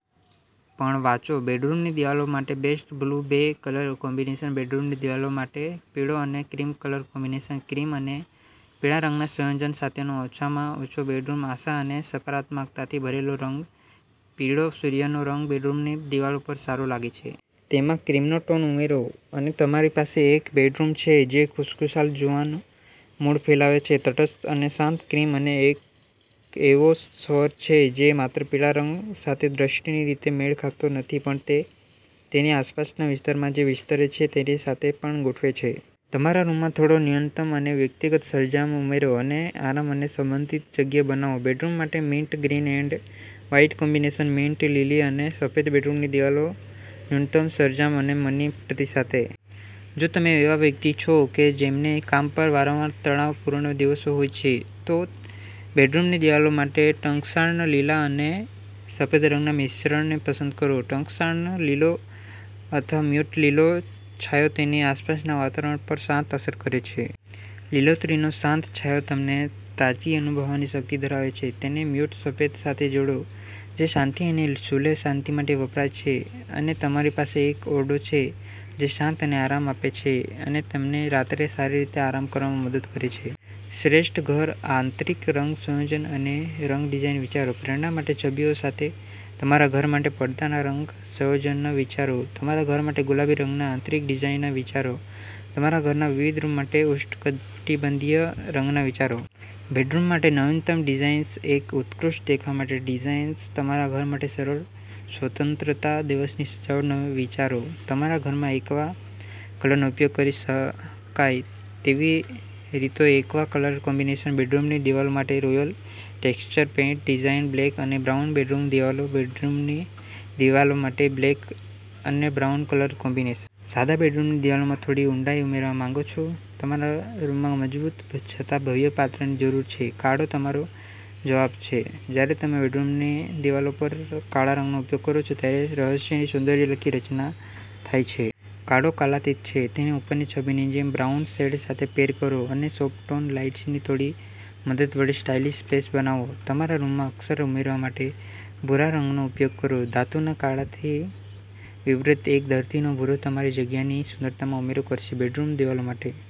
પણ વાંચો બેડરૂમની દિવાલો માટે બેસ્ટ બ્લુ બે કલર કોમ્બિનેશન બેડરૂમની દિવાલો માટે પીળો અને ક્રીમ કલર કોમ્બિનેશન. ક્રીમ અને પીળા રંગના સંયોજન સાથેનો ઓછામાં ઓછો બેડરૂમ, આશા અને સકારાત્મકતાથી ભરેલો રંગ.પીળો, સૂર્યનો રંગ, બેડરૂમની દિવાલો પર સારો લાગે છે. તેમાં ક્રીમનો ટોન ઉમેરો, અને તમારી પાસે એક બેડરૂમ છે જે ખુશખુશાલ, જુવાન મૂડ ફેલાવે છે. તટસ્થ અને શાંત, ક્રીમ એક એવો સ્વર છે જે માત્ર પીળા રંગ સાથેદૃષ્ટિની રીતે મેળ ખાતો નથી પણ તે તેની આસપાસના વિસ્તારમાં જે વિસ્તરે છે તેની સાથે પણ ગોઠવે છે. તમારા રૂમમાં થોડો ન્યૂનતમ અને વ્યક્તિગત સરંજામ ઉમેરો અને આરામ અને સંબંધિત જગ્યા બનાવો. બેડરૂમ માટે mint green and white combination. Mint લીલી અને સફેદ બેડરૂમની દિવાલો ન્યૂનતમ સરંજામ અને મની ટ્રી સાથે. જો તમે એવા વ્યક્તિ છો કે જેમને કામ પર વારંવાર તણાવપૂર્ણ દિવસો હોય છે, તો બેડરૂમની દિવાલો માટે ટંકશાળના લીલા અને સફેદ રંગના મિશ્રણને પસંદ કરો. ટંકશાળનો લીલો અથવા મ્યૂટ લીલો છાંયો તેની આસપાસના વાતાવરણ પર શાંત અસર કરે છે. લીલોતરીનો શાંત છાંયો તમને તાજગી અનુભવવાની શક્તિ ધરાવે છે. તેને મ્યૂટ સફેદ સાથે જોડો જે શાંતિ અને સુલેહ-શાંતિ માટે વપરાય છે અને તમારી પાસે એક ઓરડો છે જે શાંત અને આરામ આપે છે અને તમને રાત્રે સારી રીતે આરામ કરવામાં મદદ કરે છે. શ્રેષ્ઠ ઘર આંતરિક રંગ સંયોજન અને રંગ ડિઝાઇન વિચારો. પ્રેરણા માટે છબીઓ સાથે તમારા ઘર માટે પડદાના રંગ સંયોજનના વિચારો. તમારા ઘર માટે ગુલાબી રંગના આંતરિક ડિઝાઇનના વિચારો. તમારા ઘરના વિવિધ રૂમ માટે ઉષ્ણકટિબંધીય રંગના વિચારો. બેડરૂમ માટે નવીનતમ ડિઝાઇન્સએક ઉત્કૃષ્ટ દેખાવ માટે ડિઝાઇન્સ, તમારા ઘર માટે સરળ સ્વતંત્રતા દિવસની સજાવટના વિચારો. તમારા ઘરમાં એક્વા કલરનો ઉપયોગ કરી શકાય તેવી રીતોએક્વા કલર કોમ્બિનેશન, બેડરૂમની દિવાલો માટે royal texture paint design, black અને બ્રાઉન બેડરૂમ દિવાલો, બેડરૂમની દિવાલો માટે બ્લેક અને બ્રાઉન કલર કોમ્બિનેશન. સાદા બેડરૂમની દિવાલોમાં થોડી ઊંડાઈ ઉમેરવા માંગો છો? તમારા રૂમમાં મજબૂત છતાં ભવ્ય પાત્રની જરૂર છે? કાળો તમારો જવાબ છે. જ્યારે તમે બેડરૂમની દિવાલો પર કાળા રંગનો ઉપયોગ કરો છો, ત્યારે રહસ્યની સૌંદર્યલક્ષી રચના થાય છે. કાળો કાલાતીત છે. તેને ઉપરની છબીની જેમ બ્રાઉન શેડ સાથે પેર કરો અને સોફ્ટ-ટોન લાઇટ્સની થોડી મદદ વડે સ્ટાઇલિશ સ્પેસ બનાવો. તમારા રૂમમાં અક્ષર ઉમેરવા માટે ભૂરા રંગનો ઉપયોગ કરો. ધાતુના કાળાથી વિપરીત, એક ધરતીનો ભૂરો તમારી જગ્યાની સુંદરતામાં ઉમેરો કરશે. બેડરૂમ દિવાલો માટે